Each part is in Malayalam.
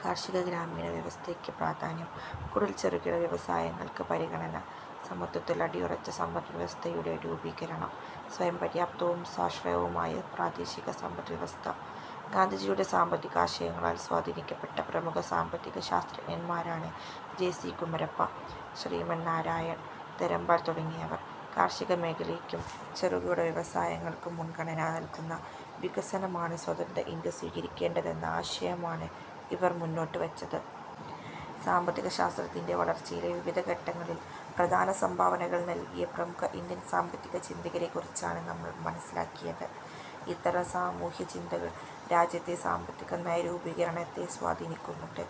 കാർഷിക ഗ്രാമീണ വ്യവസ്ഥയ്ക്ക് പ്രാധാന്യം. കുടിൽ-ചെറുകിട വ്യവസായങ്ങൾക്ക് പരിഗണന. സമത്വത്തിൽ അടിയുറച്ച സമ്പദ് വ്യവസ്ഥയുടെ രൂപീകരണം സ്വയംപര്യാപ്തവും സ്വാശ്രയവുമായ പ്രാദേശിക സമ്പദ് വ്യവസ്ഥ. ഗാന്ധിജിയുടെ സാമ്പത്തികാശയങ്ങളാൽ സ്വാധീനിക്കപ്പെട്ട പ്രമുഖ സാമ്പത്തിക ശാസ്ത്രജ്ഞൻമാരാണ് ജെ. സി. കുമരപ്പ, ശ്രീമൻ നാരായൺ, ധരംപാൽ തുടങ്ങിയവർ. കാർഷിക മേഖലയ്ക്കും ചെറുകിട വ്യവസായങ്ങൾക്കും മുൻഗണ നൽകുന്ന വികസനമാണ് സ്വതന്ത്ര ഇന്ത്യ സ്വീകരിക്കേണ്ടതെന്ന ആശയമാണ് ഇവർ മുന്നോട്ടു വച്ചത്. സാമ്പത്തികശാസ്ത്രത്തിന്റെ വളർച്ചയിലെ വിവിധ ഘട്ടങ്ങളിൽ പ്രധാന സംഭാവനകൾ നൽകിയ പ്രമുഖ ഇന്ത്യൻ സാമ്പത്തിക ചിന്തകരെക്കുറിച്ചാണ് നമ്മൾ മനസിലാക്കിയത്. ഇത്തരം സാമൂഹ്യചിന്തകൾ രാജ്യത്തെ സാമ്പത്തിക നയരൂപീകരണത്തെ സ്വാധീനിക്കുന്നുണ്ട്.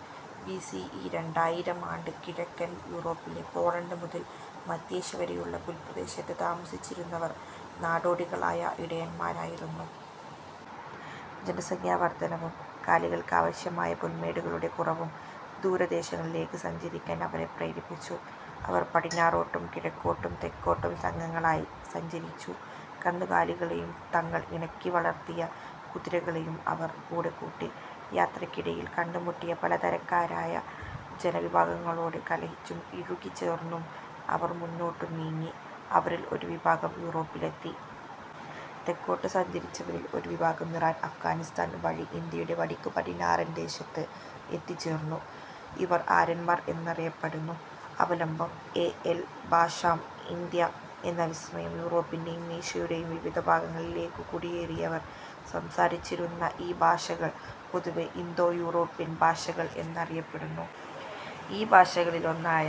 ബി സി ഇ രണ്ടായിരാമാണ്ട്. കിഴക്കൻ യൂറോപ്പിലെ പോളണ്ട് മുതൽ മധ്യേഷ്യ വരെയുള്ള പുൽപ്രദേശത്ത് താമസിച്ചിരുന്നവർ നാടോടികളായ ഇടയന്മാരായിരുന്നു. ജനസംഖ്യാവർധനവും കാലികൾക്കാവശ്യമായ പുൽമേടുകളുടെ കുറവും ദൂരദേശങ്ങളിലേക്ക് സഞ്ചരിക്കാൻ അവരെ പ്രേരിപ്പിച്ചു. അവർ പടിഞ്ഞാറോട്ടും കിഴക്കോട്ടും തെക്കോട്ടും സംഘങ്ങളായി സഞ്ചരിച്ചു. കന്നുകാലികളെയും തങ്ങൾ ഇണക്കി വളർത്തിയ കുതിരകളെയും അവർ കൂടെക്കൂട്ടി. യാത്രയ്ക്കിടയിൽ കണ്ടുമുട്ടിയ പല തരക്കാരായ ജനവിഭാഗങ്ങളോട് കലഹിച്ചും ഇഴുകി ച്ചേർന്നും അവർ മുന്നോട്ടു നീങ്ങി. അവരിൽ ഒരു വിഭാഗം യൂറോപ്പിലെത്തി. തെക്കോട്ടു സഞ്ചരിച്ചവരിൽ ഒരു വിഭാഗം ഇറാൻ, അഫ്ഗാനിസ്ഥാൻ വഴി ഇന്ത്യയുടെ വടക്കുപടിഞ്ഞാറൻ ദേശത്ത് എത്തിച്ചേർന്നു. ഇവർ ആര്യന്മാർ എന്നറിയപ്പെടുന്നു. അവലംബം: എ. എൽ. ബാഷാം, 'ഇന്ത്യ എന്ന വിസ്മയം' യൂറോപ്പിന്റെയും ഏഷ്യയുടെയും വിവിധ ഭാഗങ്ങളിലേക്കു കുടിയേറിയവർ സംസാരിച്ചിരുന്ന ഈ ഭാഷകൾ പൊതുവെ ഇന്തോ- യൂറോപ്യൻ ഭാഷകൾ എന്നറിയപ്പെടുന്നു. ഈ ഭാഷകളിൽ ഒന്നായ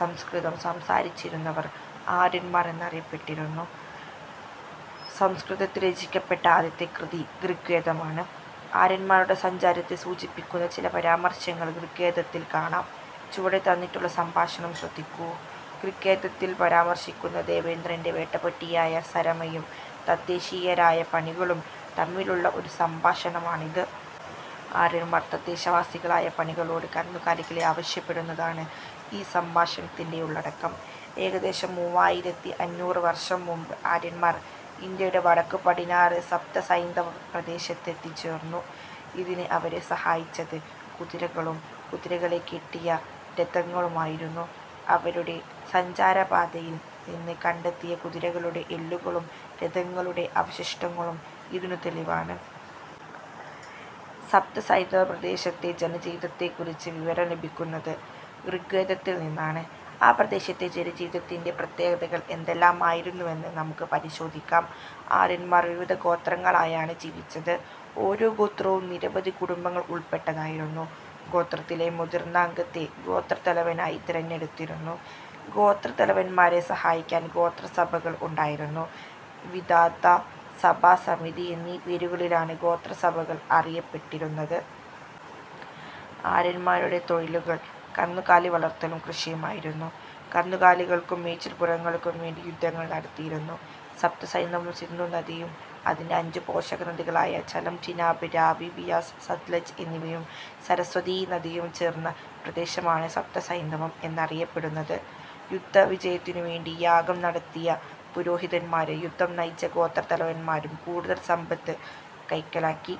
സംസ്കൃതം സംസാരിച്ചിരുന്നവർ ആര്യന്മാർ എന്നറിയപ്പെട്ടിരുന്നു. സംസ്കൃതത്തിൽ രചിക്കപ്പെട്ട ആദ്യത്തെ കൃതി ഋഗ്വേദമാണ്. ആര്യന്മാരുടെ സഞ്ചാരത്തെ സൂചിപ്പിക്കുന്ന ചില പരാമർശങ്ങൾ ഋഗ്വേദത്തിൽ കാണാം. ചുവടെ തന്നിട്ടുള്ള സംഭാഷണം ശ്രദ്ധിക്കൂ. ഋഗ്വേദത്തിൽ പരാമർശിക്കുന്ന ദേവേന്ദ്രന്റെ വേട്ടപ്പട്ടിയായ സരമയും തദ്ദേശീയരായ പണികളും തമ്മിലുള്ള ഒരു സംഭാഷണമാണിത്. ആര്യന്മാർ തദ്ദേശവാസികളായ പണികളോട് കന്നുകാലികളെ ആവശ്യപ്പെടുന്നതാണ് ഈ സംഭാഷണത്തിന്റെ ഉള്ളടക്കം. ഏകദേശം മൂവായിരത്തി അഞ്ഞൂറ് വർഷം മുമ്പ് ആര്യന്മാർ ഇന്ത്യയുടെ വടക്കു പടിഞ്ഞാറ് സപ്തസൈന്ധവ പ്രദേശത്ത് എത്തിച്ചേർന്നു. ഇതിന് അവരെ സഹായിച്ചത് കുതിരകളും കുതിരകളെ കെട്ടിയ രഥങ്ങളുമായിരുന്നു. അവരുടെ സഞ്ചാര പാതയിൽ നിന്ന് കണ്ടെത്തിയ കുതിരകളുടെ എല്ലുകളും രഥങ്ങളുടെ അവശിഷ്ടങ്ങളും ഇതിനു തെളിവാണ്. സപ്തസൈന്ധവപ്രദേശത്തെ ജനജീവിതത്തെക്കുറിച്ച് വിവരം ലഭിക്കുന്നത് ഋഗ്വേദത്തിൽനിന്നാണ്. ആ പ്രദേശത്തെ ജനജീവിതത്തിന്റെ പ്രത്യേകതകൾ എന്തെല്ലാമായിരുന്നുവെന്ന് നമുക്ക് പരിശോധിക്കാം. ആര്യന്മാർ വിവിധ ഗോത്രങ്ങളായാണ് ജീവിച്ചത്. ഓരോ ഗോത്രവും നിരവധി കുടുംബങ്ങൾ ഉൾപ്പെട്ടതായിരുന്നു. ഗോത്രത്തിലെ മുതിർന്ന അംഗത്തെ ഗോത്രതലവനായി തെരഞ്ഞെടുത്തിരുന്നു. ഗോത്രതലവന്മാരെ സഹായിക്കാൻ ഗോത്രസഭകൾ ഉണ്ടായിരുന്നു. വിധാത, സഭ, സമിതി എന്നീ പേരുകളിലാണ് ഗോത്രസഭകൾ അറിയപ്പെട്ടിരുന്നത്. ആര്യന്മാരുടെ പ്രധാന തൊഴിലുകൾ കന്നുകാലി വളർത്തലും കൃഷിയുമായിരുന്നു. കന്നുകാലികൾക്കും മേച്ചിൽപ്പുറങ്ങൾക്കും വേണ്ടി യുദ്ധങ്ങൾ നടത്തിയിരുന്നു. സപ്തസൈന്ധവം സിന്ധുനദിയും അതിന്റെ അഞ്ചു പോഷക നദികളായ ഝലം, ചിനാബ്, രാവി, ബിയാസ്, സത്ലജ് എന്നിവയും സരസ്വതീ നദിയും ചേർന്ന പ്രദേശമാണ് സപ്തസൈന്ധവം എന്നറിയപ്പെടുന്നത്. യുദ്ധവിജയത്തിനുവേണ്ടി യാഗം നടത്തിയ പുരോഹിതന്മാരും യുദ്ധം നയിച്ച ഗോത്രത്തലവന്മാരും കൂടുതൽ സമ്പത്ത് കൈക്കലാക്കി.